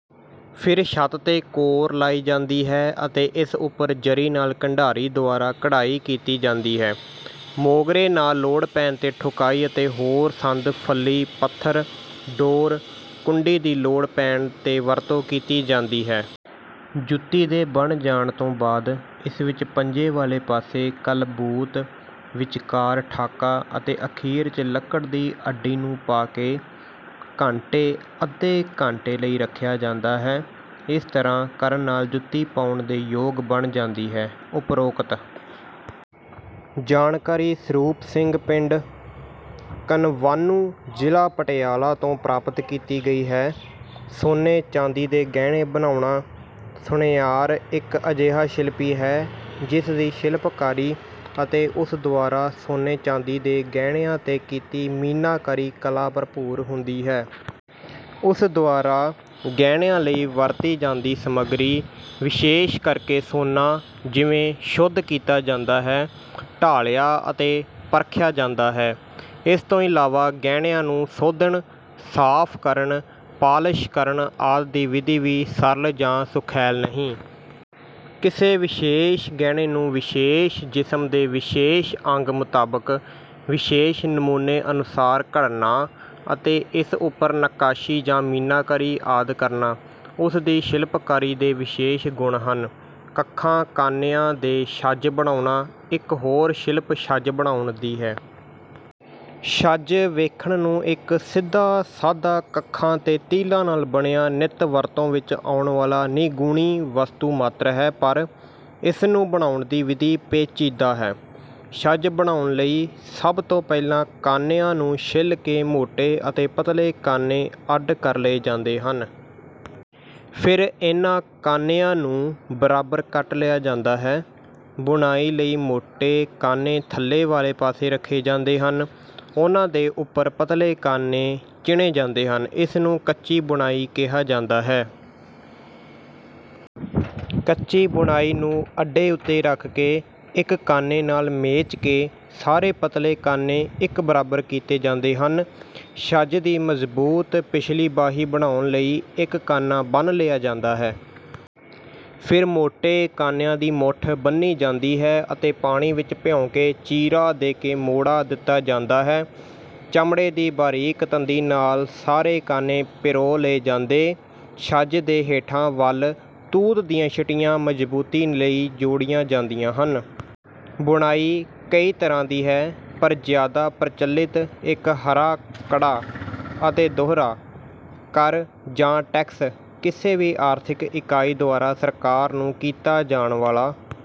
ਫਿਰ ਛੱਤ ਤੇ ਕੋਰ ਲਾਈ ਜਾਂਦੀ ਹੈ ਅਤੇ ਇਸ ਉੱਪਰ ਜਰੀ ਨਾਲ 'ਕੰਢਾਰੀ' ਦੁਆਰਾ ਕਢਾਈ ਕੀਤੀ ਜਾਂਦੀ ਹੈ। ਮੋਗਰੇ ਨਾਲ ਲੋੜ ਪੈਣ ਤੇ ਠੁਕਾਈ ਅਤੇ ਹੋਰ ਸੰਦ ਫਲੀ, ਪੱਥਰ, ਡੋਰ, ਕੁੰਡੀ, ਦੀ ਲੋੜ ਪੈਣ ਤੇ ਵਰਤੋਂ ਕੀਤੀ ਜਾਦੀਂ ਹੈ। ਜੁੱਤੀ ਦੇ ਬਣ ਜਾਣ ਤੋਂ ਬਾਦ ਇਸ ਵਿੱਚ ਪੰਜੇ ਵਾਲੇ ਪਾਸੇ ਕਲਬੂਤ, ਵਿਚਕਾਰ ਠਾਕਾ ਅਤੇ ਅਖੀਰ ਚ ਲੱਕੜ ਦੀ ਅੱਡੀ ਨੂੰ ਪਾ ਕੇ ਘੰਟੇ ਅੱਧੇ ਘੰਟੇ ਲਈ ਰੱਖਿਆ ਜਾਂਦਾ ਹੈ। ਇਸ ਤਰ੍ਹਾਂ ਕਰਨ ਨਾਲ ਜੁੱਤੀ ਪਾਉਣ ਦੇ ਯੋਗ ਬਣ ਜਾਂਦੀ ਹੈ।"ਉੱਪਰੋਕਤ ਜਾਣਕਾਰੀ ਸਰੂਪ ਸਿੰਘ ਪਿੰਡ, ਕਨਵਾਨੂੰ ਜ਼ਿਲ੍ਹਾ ਪਟਿਆਲਾ ਤੋਂ ਪ੍ਰਾਪਤ ਕੀਤੀ ਗਈ ਹੈ:ਸੋਨੇ-ਚਾਂਦੀ ਦੇ ਗਹਿਣੇ ਬਣਾਉਣਾ: ਸੁਨਿਆਰ ਇੱਕ ਅਜਿਹਾ ਸ਼ਿਲਪੀ ਹੈ, ਜਿਸ ਦੀ ਸ਼ਿਲਪਕਾਰੀ ਅਤੇ ਉਸ ਦੁਆਰਾ ਸੋਨੇ-ਚਾਂਦੀ ਦੇ ਗਹਿਣਿਆਂ ਤੇ ਕੀਤੀ ਮੀਨਾਕਾਰੀ ਕਲਾ ਭਰਪੂਰ ਹੁੰਦੀ ਹੈ। ਉਸ ਦੁਆਰਾ "ਗਹਿਣਿਆਂ ਲਈ ਵਰਤੀ ਜਾਂਦੀ ਸਮੱਗਰੀ ਵਿਸ਼ੇਸ਼ ਕਰ ਕੇ ਸੋਨਾ ਜਿਵੇਂ ਸ਼ੁੱਧ ਕੀਤਾ ਜਾਂਦਾ ਹੈ, ਢਾਲਿਆ ਅਤੇ ਪਰਖਿਆ ਜਾਂਦਾ ਹੈ। ਇਸ ਤੋਂ ਇਲਾਵਾਂ ਗਹਿਣਿਆਂ ਨੂੰ ਸੋਧਣ, ਸਾਫ਼ ਕਰਨ, ਪਾਲਸ਼ ਕਰਨ ਆਦਿ ਦੀ ਵਿਧੀ ਵੀ ਸਰਲ ਜਾਂ ਸੁਖੈਲ ਨਹੀਂ। ਕਿਸੇ ਵਿਸ਼ੇਸ਼ ਗਹਿਣੇ ਨੂੰ ਵਿਸ਼ੇਸ਼ ਜਿਸਮ ਦੇ ਵਿਸ਼ੇਸ਼ ਅੰਗ ਮੁਤਾਬਕ ਵਿਸ਼ੇਸ਼ ਨਮੂਨੇ ਅਨੁਸਾਰ ਘੜਨਾ ਅਤੇ ਇਸ ਉੱਪਰ ਨੱਕਾਸ਼ੀ ਜਾਂ ਮੀਨਾਕਾਰੀ ਆਦਿ ਕਰਨਾ। ਉਸ ਦੀ ਸ਼ਿਲਪਕਾਰੀ ਦੇ ਵਿਸ਼ੇਸ਼ ਗੁਣ ਹਨ। ਕੱਖਾਂ-ਕਾਨਿਆਂ ਦੇ ਛੱਜ ਬਣਾਉਣਾ: ਇਕ ਹੋਰ ਸ਼ਿਲਪ ਛੱਜ ਬਣਾਉਣ ਦੀ ਹੈ। "ਛੱਜ ਵੇਖਣ ਨੂੰ ਇੱਕ ਸਿੱਧਾ ਸਾਧਾ ਕੱਖਾਂ ਤੇ ਤੀਲਾਂ ਨਾਲ ਬਣਿਆ ਨਿਤ ਵਰਤੋਂ ਵਿੱਚ ਆਉਣ ਵਾਲਾ ਨਿਗੂਣੀ ਵਸਤੂ ਮਾਤਰ ਹੈ, ਪਰ ਇਸਨੂੰ ਬਣਾਉਣ ਦੀ ਵਿਧੀ ਪੇਚੀਦਾ ਹੈ। ਛੱਜ ਬਣਾਉਣ ਲਈ ਸਭ ਤੋਂ ਪਹਿਲਾਂ ਕਾਨਿਆਂ ਨੂੰ ਛਿੱਲ ਕੇ ਮੋਟੇ ਅਤੇ ਪਤਲੇ ਕਾਨੇ ਅੱਡ ਕਰ ਲਏ ਜਾਂਦੇ ਹਨ। ਫਿਰ ਇਨ੍ਹਾਂ ਕਾਨਿਆਂ ਨੂੰ ਬਰਾਬਰ ਕੱਟ ਲਿਆ ਜਾਂਦਾ ਹੈ। ਬੁਣਾਈ ਲਈ ਮੋਟੇ ਕਾਨੇ ਥੱਲੇ ਵਾਲੇ ਪਾਸੇ ਰਖੇ ਜਾਂਦੇ ਹਨ। ਉਨ੍ਹਾਂ ਦੇ ਉੱਪਰ ਪਤਲੇ ਕਾਨੇ ਚਿਣੇ ਜਾਂਦੇ ਹਨ। ਇਸ ਨੂੰ 'ਕੱਚੀ ਬੁਣਾਈ' ਕਿਹਾ ਜਾਂਦਾ ਹੈ। ਕੱਚੀ ਬੁਣਾਈ ਨੂੰ ਅੱਡੇ ਉੱਤੇ ਰਖ ਕੇ ਇੱਕ ਕਾਨੇ ਨਾਲ ਮੇਚ ਕੇ ਸਾਰੇ ਪਤਲੇ ਕਾਨੇ ਇੱਕ ਬਰਾਬਰ ਕੀਤੇ ਜਾਂਦੇ ਹਨ। ਛੱਜ ਦੀ ਮਜ਼ਬੂਤ ਪਿਛਲੀ ਬਾਹੀ ਬਣਾਉਣ ਲਈ ਇੱਕ ਕਾਨਾ ਬੰਨ੍ਹ ਲਿਆ ਜਾਂਦਾ ਹੈ। ਫਿਰ ਮੋਟੇ ਕਾਨਿਆਂ ਦੀ ਮੁੱਠ ਬੱਨ੍ਹੀ ਜਾਂਦੀ ਹੈ ਅਤੇ ਪਾਣੀ ਵਿੱਚ ਭਿਉਂਕੇ ਚੀਰਾ ਦੇ ਕੇ ਮੋੜਾ ਦਿਤਾ ਜਾਂਦਾ ਹੈ। ਚਮੜੇ ਦੀ ਬਾਰੀਕ ਤੰਦੀ ਨਾਲ ਸਾਰੇ ਕਾਨੇ ਪਿਰੋ ਲਏ ਜਾਂਦੇ। ਛੱਜ ਦੇ ਹੇਠਾਂ ਵਲ ਤੂਤ ਦੀਆਂ ਛਿਟੀਆਂ ਮਜ਼ਬੂਤੀ ਲਈ ਜੋੜੀਆਂ ਜਾਂਦੀਆਂ ਹਨ। ਬੁਣਾਈ ਕਈ ਤਰ੍ਹਾਂ ਦੀ ਹੈ। ਪਰ ਜਿਆਦਾ ਪ੍ਰਚਲਿਤ 'ਇਕ ਹਰਾ-ਕੜਾ' ਅਤੇ 'ਦੁਹਰਾ। ਕਰ ਜਾਂ ਟੈਕਸ ਕਿਸੇ ਵੀ ਆਰਥਿਕ ਇਕਾਈ ਦੁਆਰਾ ਸਰਕਾਰ ਨੂੰ ਕੀਤਾ ਜਾਣ ਵਾਲਾ...